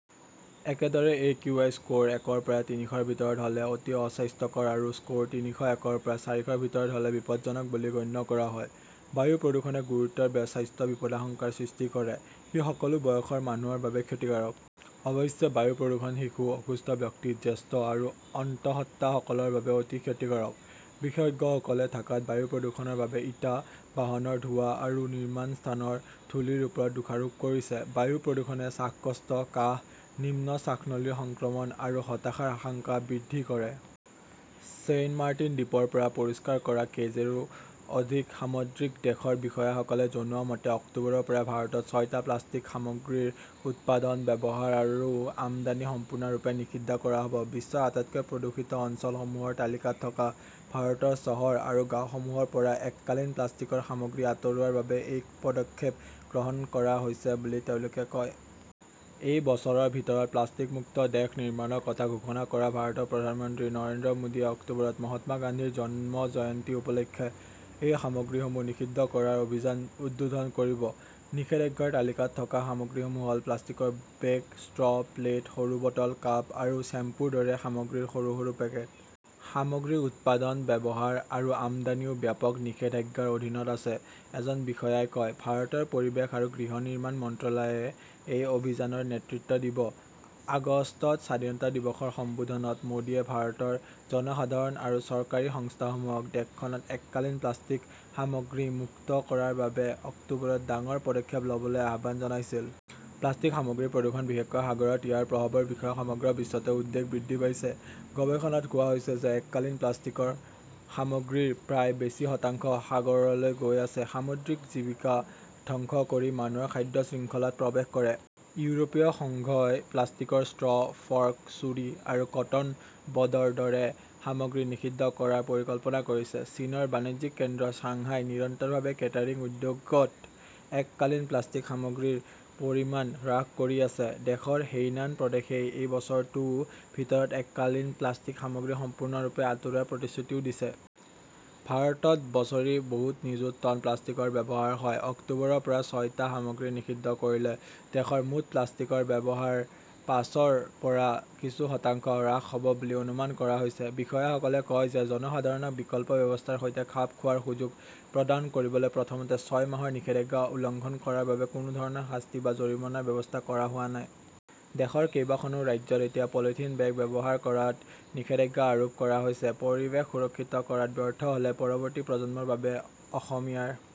একেদৰে, AQI score একৰ পৰা তিনিশৰ ভিতৰত হ'লে "অতি অস্বাস্থ্যকৰ" আৰু স্ক'ৰ তিনিশ একৰ পৰা চাৰিশৰ ভিতৰত হ'লে "বিপদজনক" বুলি গণ্য কৰা হয়। বায়ু প্ৰদূষণে গুৰুতৰ স্বাস্থ্য বিপদাশংকাৰ সৃষ্টি কৰে। ই সকলো বয়সৰ মানুহৰ বাবে ক্ষতিকাৰক। অৱশ্যে, বায়ু প্ৰদূষণ শিশু, অসুস্থ ব্যক্তি, জ্যেষ্ঠ আৰু অন্তঃসত্ত্বা সকলৰ বাবে অতি ক্ষতিকাৰক। বিশেষজ্ঞসকলে ঢাকাত বায়ু প্ৰদূষণৰ বাবে ইটা, বাহনৰ ধোঁৱা আৰু নিৰ্মাণ স্থানৰ ধূলিৰ ওপৰত দোষাৰোপ কৰিছে। বায়ু প্ৰদূষণে শ্বাসকষ্ট, কাহ, নিম্ন শ্বাসনলীৰ সংক্ৰমণ আৰু হতাশাৰ আশংকা বৃদ্ধি কৰে। ছেইণ্টমাৰ্টিন দ্বীপৰ পৰা পৰিষ্কাৰ কৰা কেজিৰো অধিক সামুদ্ৰিকদেশৰ বিষয়াসকলে জনোৱা মতে অক্টোবৰৰ পৰা ভাৰতত ছয়টা প্লাষ্টিক সামগ্ৰীৰ উৎপাদন, ব্যৱহাৰ আৰু আমদানি সম্পূৰ্ণৰূপে নিষিদ্ধ কৰা হ'ব। বিশ্বৰ আটাইতকৈ প্ৰদূষিত অঞ্চলসমূহৰ তালিকাত থকা ভাৰতৰ চহৰ আৰু গাঁওসমূহৰ পৰা এককালীন প্লাষ্টিকৰ সামগ্ৰী আঁতৰোৱাৰ বাবে এই পদক্ষেপ গ্ৰহণ কৰা হৈছে বুলি তেওঁলোকে কয়। এই বছৰৰ ভিতৰত প্লাষ্টিকমুক্ত দেশ নিৰ্মাণৰ কথা ঘোষণা কৰা ভাৰতৰ প্ৰধানমন্ত্ৰী নৰেন্দ্ৰ মোদীয়ে অক্টোবৰত মহাত্মা গান্ধীৰ জন্ম জয়ন্তী উপলক্ষে এই সামগ্ৰীসমূহ নিষিদ্ধ কৰাৰ অভিযান উদ্বোধন কৰিব। নিষেধাজ্ঞাৰ তালিকাত থকা সামগ্ৰীসমূহ হ'ল প্লাষ্টিকৰ বেগ, ষ্ট্ৰ', প্লেট, সৰু বটল, কাপ আৰু শ্বেম্পুৰ দৰে সামগ্ৰীৰ সৰু সৰু পেকেট। "সামগ্ৰীৰ উৎপাদন, ব্যৱহাৰ আৰু আমদানিও ব্যাপক নিষেধাজ্ঞাৰ অধীনত আছে", এজন বিষয়াই কয়। ভাৰতৰ পৰিৱেশ আৰু গৃহ নিৰ্মাণ মন্ত্ৰালয়ে এই অভিযানৰ নেতৃত্ব দিব। আগষ্টত স্বাধীনতা দিৱসৰ সম্বোধনত মোদীয়ে ভাৰতৰ জনসাধাৰণ আৰু চৰকাৰী সংস্থাসমূহক দেশখনক এককালীন প্লাষ্টিক সামগ্ৰী মুক্ত কৰাৰ বাবে অক্টোবৰত ডাঙৰ পদক্ষেপ ল'বলৈ আহ্বান জনাইছিল। প্লাষ্টিক সামগ্ৰীৰ প্ৰদূষণ, বিশেষকৈ সাগৰত ইয়াৰ প্ৰভাৱৰ বিষয়ে সমগ্ৰ বিশ্বতে উদ্বেগ বৃদ্ধি পাইছে। গৱেষণাত কোৱা হৈছে যে এককালীন প্লাষ্টিক সামগ্ৰীৰ প্ৰায় বেছি শতাংশ সাগৰলৈ গৈ আছে। সামুদ্ৰিক জীৱিকা ধ্বংস কৰি মানুহৰ খাদ্য শৃংখলাত প্ৰৱেশ কৰে। ইউৰোপীয় সংঘই প্লাষ্টিকৰ ষ্ট্ৰ', ফৰ্ক, ছুৰী আৰু কটন বডৰ দৰে সামগ্ৰী নিষিদ্ধ কৰাৰ পৰিকল্পনা কৰিছে। চীনৰ বাণিজ্যিক কেন্দ্ৰ চাংহাই নিৰন্তৰভাৱে কেটাৰিং উদ্যোগত এককালীন প্লাষ্টিক সামগ্ৰীৰ পৰিমাণ হ্ৰাস কৰি আছে । দেশৰ হেইনান প্ৰদেশই এই বছৰটো ভিতৰত এককালীন প্লাষ্টিক সামগ্ৰী সম্পূৰ্ণৰূপে আঁতৰোৱাৰ প্ৰতিশ্ৰুতিও দিছে। ভাৰতত বছৰি বহুত নিযুত টন প্লাষ্টিকৰ ব্যৱহাৰ হয়, অক্টোবৰৰ পৰা ছয়টা সামগ্ৰী নিষিদ্ধ কৰিলে দেশৰ মুঠ প্লাষ্টিকৰ ব্যৱহাৰ পাঁচৰ পৰা কিছু শতাংশ হ্ৰাস হ'ব বুলি অনুমান কৰা হৈছে। বিষয়াসকলে কয় যে জনসাধাৰণক বিকল্প ব্যৱস্থাৰ সৈতে খাপ খোৱাৰ সুযোগ প্ৰদান কৰিবলৈ প্ৰথমতে ছয় মাহৰ নিষেধাজ্ঞা উলংঘন কৰাৰ বাবে কোনো ধৰণৰ শাস্তি বা জৰিমনাৰ ব্যৱস্থা কৰা হোৱা নাই। দেশৰ কেইবাখনো ৰাজ্যত এতিয়া পলিথিন বেগ ব্যৱহাৰ কৰাত নিষেধাজ্ঞা আৰোপ কৰা হৈছে। পৰিৱেশ সুৰক্ষিত কৰাত ব্যৰ্থ হ'লে পৰৱৰ্তী প্ৰজন্মৰ বাবে অসমীয়াৰ